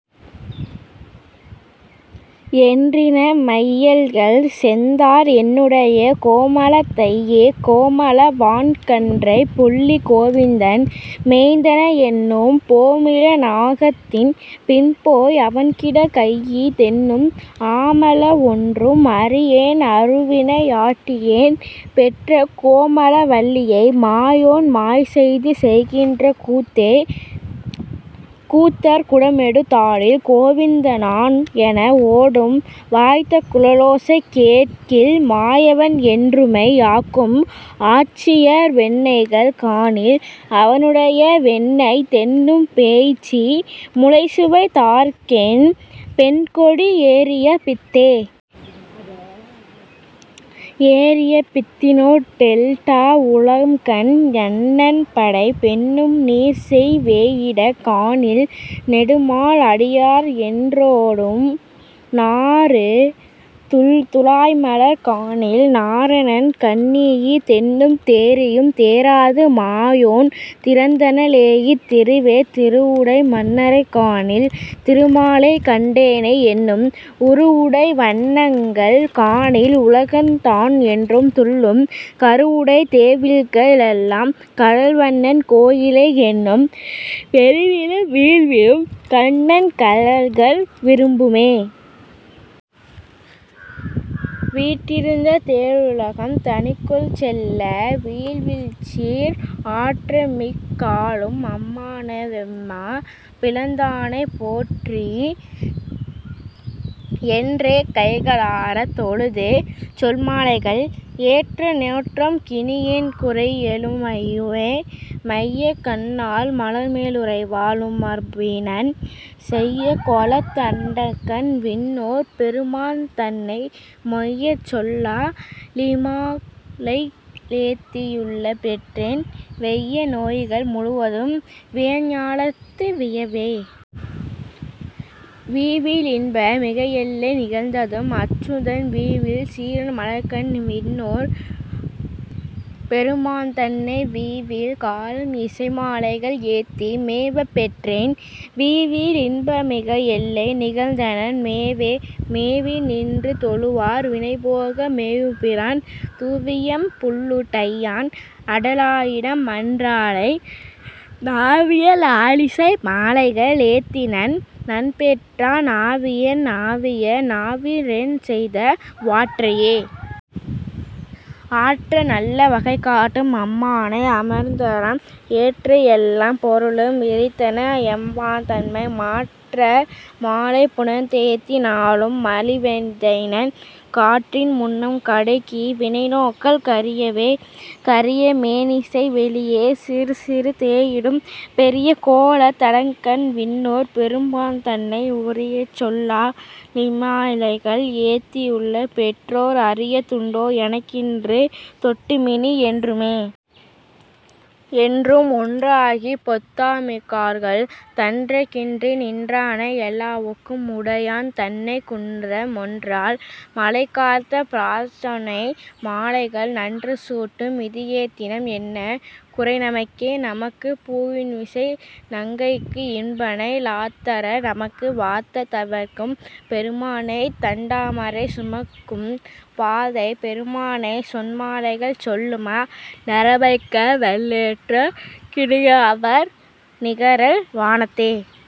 என்றின மையல்கள் செய்தார் என்னுடைக் கோமளத் தையே.. கோமள வான்கன்றைப் புல்கிக் கோவிந்தன் மேய்த்தன என்னும், போமிள நாகத்தின் பின்போய் அவன்கிடக் கையீ தென்னும், ஆமள வொன்றும் அறியேன் அருவினை யாட்டியேன் பெற்ற, கோமள வல்லியை மாயோன் மால்செய்து செய்கின்ற கூத்தே.. கூத்தர் குடமெடுத் தாடில் கோவிந்த னாம் எனா ஓடும், வாய்த்த குழலோசை கேட்கில் மாயவன் என்றுமை யாக்கும், ஆய்ச்சியர் வெண்ணெய்கள் காணில் அவனுண்ட வெண்ணெயீ தென்னும், பேய்ச்சி முலைசுவைத் தாற்கென் பெண்கொடி யேறிய பித்தே.. ஏறிய பித்தினோ டெல்லா வுலகும்கண் ணன்படைப் பென்னும் நீறுசெவ் வேயிடக் காணில் நெடுமால் அடியார் என் றோடும், நாறு துழாய்மலர் காணில் நாரணன் கண்ணியீ தென்னும், தேறியும் தேறாது மாயோன் திறத்தன ளேயித் திருவே.. திருவுடை மன்னரைக் காணில் திருமாலைக் கண்டேனே என்னும், உருவுடை வண்ணங்கள் காணில் உலகளந் தான் என்று துள்ளும், கருவுடைத் தேவில்க ளெல்லாம் கடல்வண்ணன் கோயிலே என்னும் வெருவிலும் வீழ்விலும் கண்ணன் கழல்கள் விரும்புமே.. வீற்றிருந் தேழுலகும் தனிக்கோல் செல்ல, வீவில்சீர், ஆற்றல்மிக் காளும் அம்மானைவெம்மா பிளந்தான்தன்னை, போற்றி யென்றே கைகளாரத் தொழுது சொல்மாலைகள், ஏற்ற நோற்றேற் கினியென்னகுறை யெழுமையுமே?. மைய கண்ணாள் மலர்மேலுறைவா ளுறைமார்பினன், செய்ய கொலத் தடங்கண்ணன் விண்ணோர் பெருமான்தன்னை மொய்ய சொல்லா லிசைமாலைகளேத்தி யுள்ளப் பெற்றேன், வெய்ய நோய்கள் முழுதும் வியன்ஞாலத்து வீயவே.. வீவி லின்ப மிகஎல்லை நிகழ்ந்தநம் அச்சுதன், வீவில் சீரன் மலர்க்கண்ணன் விண்ணோர் பெருமான்தன்னை, வீவில் காலம் இசைமாலைகள் ஏத்தி மேவப்பெற்றேன், வீவி லின்பமிக எல்லை நிகழ்ந்தனன் மேவியே.. மேவி நின்று தொழுவார் வினைபோக மேவும்பிரான், தூவியம் புள்ளு டையான் அடலாழியம் மான்றன்னை, நாவிய லாலிசை மாலைக ளேத்திநண் ணப்பெற்றேன், ஆவியென் னாவியை யானறியேன்செய்த வாற்றையே.. ஆற்ற நல்ல வகைகாட்டும் அம்மானை, அமரர்தம் ஏற்றை யெல்லாப் பொருளும் விரித்தானை எம்மான்தன்னை, மாற்ற மாலை புனைந்தேத்தி நாளும் மகிழ்வெய்தினேன், காற்றின் முன்நும் கடுகி வினைநோய்கள் கரியவே.. கரிய மேனிமிசை வெளிய நீறுசிறி தேயிடும், பெரிய கோலத் தடங்கண் விண்ணோர் பெருமான்தன்னை, உரிய சொல்லா லிசைமாலைகள் ஏத்தியுள்ளப் பெற்றேற், அரிய துண்டோ எனக்கின்று தொட்டுமினி யென்றுமே?. என்றும் ஒன்றாகி யொத்தாரும்மிக்கார்களும், தன்றனக் கின்றி நின்றானை யெல்லாவுலகும் உடையான் தன்னை, குன்ற மொன்றால் மழைகாத்தபிராசனைச்சொன் மாலைகள், நன்று சூட்டும் விதியெய்தினம் என்ன குறைநமக்கே?. நமக்கும் பூவின்மிசை நங்கைக்கும் இன்பனை, ஞாலத்தார் தமக்கும் வானத் தவர்க்கும் பெருமானை, தண்டாமரை சுமக்கும் பாதப் பெருமானைச் சொன்மாலைகள், சொல்லுமா றமைக்க வல்லேற் கினியாவர் நிகரகல் வானத்தே?.